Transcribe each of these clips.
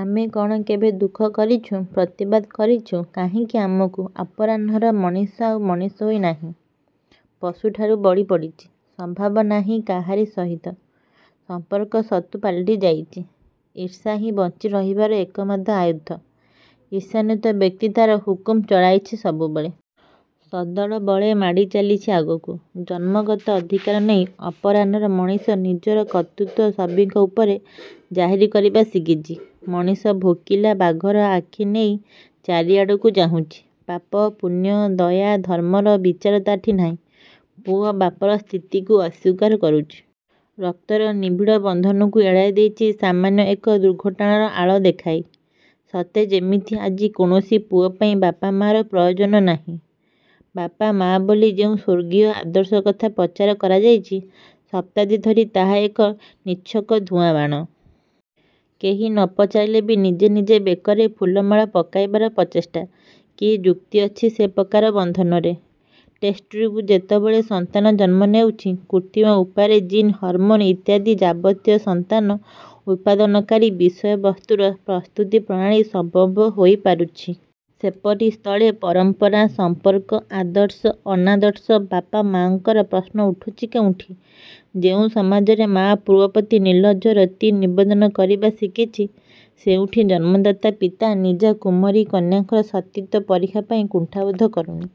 ଆମେ କ'ଣ କେବେ ଦୁଃଖ କରିଛୁ? ପ୍ରତିବାଦ କରିଛୁ? କାହିଁକି ଆମକୁ। ଅପରାହ୍ନର ମଣିଷ ଆଉ ମଣିଷ ହୋଇ ନାହିଁ। ପଶୁଠାରୁ ବଳି ପଡ଼ିଛି। ସଦ୍ଭାବ ନାହିଁ କାହାରି ସହିତ। 'ସମ୍ପର୍କ' ଶତ୍ରୁ ପାଲଟି ଯାଇଛି। ଈର୍ଷାହିଁ ବଞ୍ଚି ରହିବାର ଏକମାତ୍ର ଆୟୁଧ। ଈର୍ଷାନ୍ୱିତ ବ୍ୟକ୍ତି ତା'ର ହୁକୁମ ଚଳାଇଛି ସବୁବେଳେ। ସଦଳବଳେ ମାଡ଼ି ଚାଲିଛି ଆଗକୁ। ଜନ୍ମଗତ ଅଧିକାର ନେଇ ଅପରାହ୍ନର ମଣିଷ ନିଜ କର୍ତ୍ତୃତ୍ୱ ସଭିଙ୍କ ଉପରେ ଜାହିର କରିବା ଶିଖିଛି। ମଣିଷ ଭୋକିଲା ବାଘର ଆଖି ନେଇ ଚାରିଆଡ଼କୁ ଚାହୁଁଛି। ପାପ, ପୁଣ୍ୟ, ଦୟା, ଧର୍ମର ବିଚାର ତା'ଠି ନାହିଁ। ପୁଅ ବାପର ସ୍ଥିତିକୁ ଅସ୍ୱୀକାର କରୁଛି। ରକ୍ତର ନିବିଡ଼ ବନ୍ଧନକୁ ଏଡ଼ାଇ ଦେଉଛି ସାମାନ୍ୟ ଏକ ଦୁର୍ଘଟଣାର ଆଳ ଦେଖାଇ। ସତେ ଯେମିତି ଆଜି କୌଣସି ପୁଅ ପାଇଁ ବାପ ମା'ର ପ୍ରୟୋଜନ ନାହିଁ। ବାପ, ମା ବୋଲି ଯେଉଁ ସ୍ୱର୍ଗୀୟ ଆଦର୍ଶ କଥା ପ୍ରଚାର କରାଯାଇଛି, ଶତାବ୍ଦୀ ଧରି ତାହା ଏକ ନିଚ୍ଛକ ଧୂଆଁ ବାଣ। କେହି ନ ପଚାରିଲେ ବି ନିଜେ ନିଜେ ବେକରେ ଫୁଲମାଳ ପକେଇବାର ପ୍ରଚେଷ୍ଟା। କି ଯୁକ୍ତି ଅଛି ସେ ପ୍ରକାର ବନ୍ଧନରେ? ଟେଷ୍ଟଟ୍ୟୁବ୍ରୁ ଯେତେବେଳେ ସନ୍ତାନ ଜନ୍ମ ନେଉଛି। କୃତ୍ରିମ ଉପାୟରେ ଜିନ୍ ହରମୋନ୍ ଇତ୍ୟାଦି ଯାବତୀୟ ସନ୍ତାନ ଉତ୍ପାଦନକାରୀ ବିଷୟବସ୍ତୁର ପ୍ରସ୍ତୁତି ପ୍ରଣାଳୀ ସମ୍ଭବ ହୋଇ ପାରୁଚି। ସେପରି ସ୍ଥଳେ ପରମ୍ପରା, ସମ୍ପର୍କ, ଆଦର୍ଶ, ଅନାଦର୍ଶ, ବାପ, ମାଙ୍କର ପ୍ରଶ୍ନ ଉଠୁଛି କେଉଁଠି? ଯେଉଁ ସମାଜରେ ମା' ପୁଅ ପ୍ରତି ନିର୍ଲଜ୍ଜ ରତି ନିବେଦନ କରିବା ଶିଖିଛି, ଯେଉଁଠି ଜନ୍ମଦାତା ପିତା ନିଜ କୁମାରୀ କନ୍ୟାର ସତୀତ୍ୱ ପରୀକ୍ଷା କରିବା ପାଇଁ କୁଣ୍ଠାବୋଧ କରୁନି,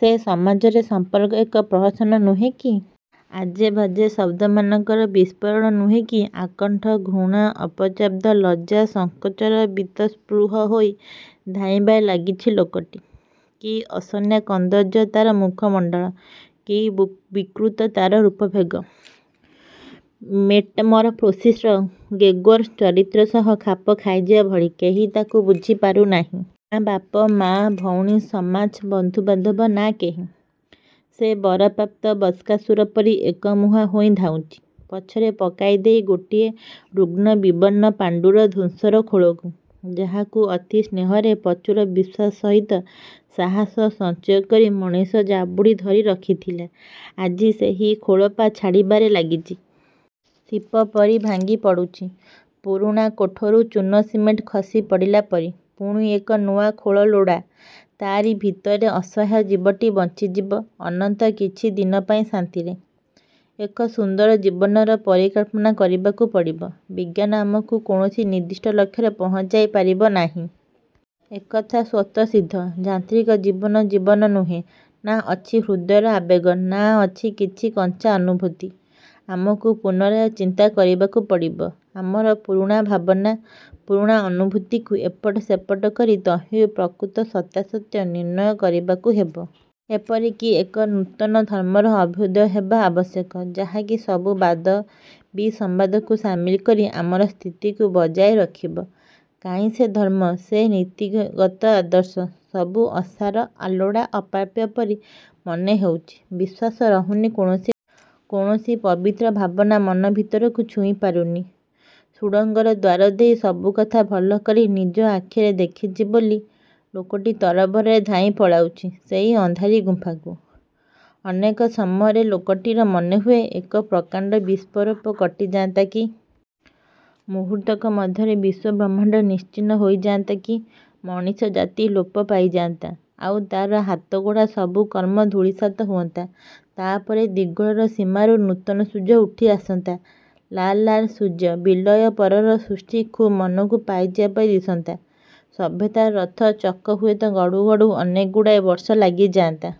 ସେ ସମାଜରେ ସମ୍ପର୍କ ଏକ ପ୍ରହସନ ନୁହେଁ କି? ଆଜେବାଜେ ଶବ୍ଦମାନଙ୍କର ବିସ୍ଫୋରଣ ନୁହେଁ କି? ଆକଣ୍ଠ ଘୃଣା, ଅପର୍ଯ୍ୟାପ୍ତ ଲଜ୍ଜା, ସଂକୋଚରେ ବୀତସ୍ପୃହ ହୋଇ ଧାଇଁବାରେ ଲାଗିଛି ଲୋକଟି। କି ଅସନା କଦର୍ଯ୍ୟ ତା'ର ମୁଖମଣ୍ଡଳ। କି ବିକୃତ ତା'ର ରୂପଭେକ। ମେଟାମରଫୋସିସ୍ର 'ଗେଗୋର' ଚରିତ୍ର ସହ ଖାପ ଖାଇଯିବା ଭଳି। କେହି ତାକୁ ବୁଝିପାରୁ ନାହିଁ। ନା ବାପ, ମା, ଭଉଣୀ, ସମାଜ, ବନ୍ଧୁ ବାନ୍ଧବ! ନାଁ କେହି। ସେ ବରପ୍ରାପ୍ତ ଭସ୍ମାସୁର ପରି ଏକମୁହାଁ ହୋଇ ଧାଉଁଛି। ପଛରେ ପକାଇ ଦେଇ ଗୋଟିଏ ରୁଗ୍ଣ ବିବର୍ଣ୍ଣ ପାଣ୍ତୁର ଧ୍ୱଂସର ଖୋଳକୁ। ଯାହାକୁ ଅତି ସ୍ନେହରେ, ପ୍ରଚୁର ବିଶ୍ୱାସ ସହିତ ସାହାସ ସଞ୍ଚୟ କରି ମଣିଷ ଜାବୁଡ଼ି ଧରି ରଖିଥିଲା, ଆଜି ସେଇ ଖୋଳପା ଛାଡ଼ିବାରେ ଲାଗିଛି। ଶିପ ପରି ଭାଙ୍ଗି ପଡ଼ୁଛି। ପୁରୁଣା କୋଠରୁ ଚୂନ ସିମେଣ୍ଟ ଖସି ପଡ଼ିଲା ପରି। ପୁଣି ଏକ ନୂଆ ଖୋଳ ଲୋଡ଼ା। ତା'ରି ଭିତରେ ଅସହାୟ ଜୀବଟି ବଞ୍ଚିଯିବ ଅନ୍ତତଃ କିଛି ଦିନପାଇଁ ଶାନ୍ତିରେ। ଏକ ସୁନ୍ଦର ଜୀବନର ପରିକଳ୍ପନା କରିବାକୁ ପଡ଼ିବ। ବିଜ୍ଞାନ ଆମକୁ କୌଣସି ନିର୍ଦ୍ଦିଷ୍ଟ ଲକ୍ଷ୍ୟରେ ପହଞ୍ଚାଇ ପାରିବ ନାହିଁ। ଏକଥା ସ୍ୱତଃସିଦ୍ଧ। ଯାନ୍ତ୍ରିକ ଜୀବନ ଜୀବନ ନୁହେଁ। ନାଁ ଅଛି ହୃଦୟର ଆବେଗ, ନାଁ ଅଛି କିଛି କଞ୍ଚା ଅନୁଭୂତି। ଆମକୁ ପୁନରାୟ ଚିନ୍ତା କରିବାକୁ ପଡ଼ିବ। ଆମର ପୁରୁଣା ଭାବନା, ପୁରୁଣା ଅନୁଭୂତିକୁ ଏପଟ ସେପଟ କରି ତହିଁରୁ ପ୍ରକୃତ ସତ୍ୟାସତ୍ୟ ନିର୍ଣ୍ଣୟ କରିବାକୁ ହେବ। ''' ଏପରିକି ଏକ ନୂତନ ଧର୍ମର ଅଭ୍ୟୁଦୟ ହେବା ଆବଶ୍ୟକ, ଯାହାକି ସବୁ ବାଦ, ବିସମ୍ବାଦକୁ ସାମିଲ କରି ଆମର ସ୍ଥିତିକୁ ବଜାୟ ରଖିବ। କାହିଁ ସେ ଧର୍ମ? ସେ ନୀତିଗତ ଆଦର୍ଶ? ସବୁ ଅସାର, ଅଲୋଡ଼ା ଅପ୍ରାପ୍ୟ ପରି ମନେ ହେଉଛି। ବିଶ୍ୱାସ ରହୁନି କୌଣସି କଥାରେ। କୌଣସି ପବିତ୍ର ଭାବନା ମନ ଭିତରକୁ ଛୁଇଁ ପାରୁନି। ସୁଡ଼ଙ୍ଗର ଦ୍ୱାର ଦେଇ ସବୁକଥା ଭଲ କରି ନିଜ ଆଖିରେ ଦେଖିଚି ବୋଲି, ଲୋକଟି ତରବରରେ ଧାଇଁ ପଳାଉଛି ସେଇ ଅନ୍ଧାରୀ ଗୁମ୍ଫାକୁ। ଅନେକ ସମୟରେ ଲୋକଟିର ମନେହୁଏ, ଏକ ପ୍ରକାଣ୍ଡ ବିସ୍ଫୋରଣ କଟିଯାନ୍ତା କି! ମୁହୂର୍ତ୍ତକ ମଧ୍ୟରେ ବିଶ୍ୱ-ବ୍ରହ୍ମାଣ୍ଡ ନିଶ୍ଚିହ୍ନ ହୋଇଯାନ୍ତା କି! ମଣିଷ ଜାତି ଲୋପ ପାଇଯାନ୍ତା। ଆଉ ତା'ର ହାତଗଢ଼ା ସବୁ କର୍ମ ଧୂଳିସାତ୍ ହୁଅନ୍ତା। ତା'ପରେ ଦିଗ୍ବଳୟର ସୀମାରୁ ନୂତନ ସୂର୍ଯ୍ୟ ଉଠି ଆସନ୍ତା। ଲାଲ୍ ଲାଲ୍ ସୂର୍ଯ୍ୟ। ବିଲୟ ପରର ସୃଷ୍ଟି ଖୁବ୍ ମନକୁ ପାଇଯିବା ପରି ଦିଶନ୍ତା। ସଭ୍ୟତାର ରଥ ଚକ ହୁଏତ ଗଢ଼ୁ ଗଢ଼ୁ ଅନେକଗୁଡ଼ାଏ ବର୍ଷ ଲାଗିଯାନ୍ତା।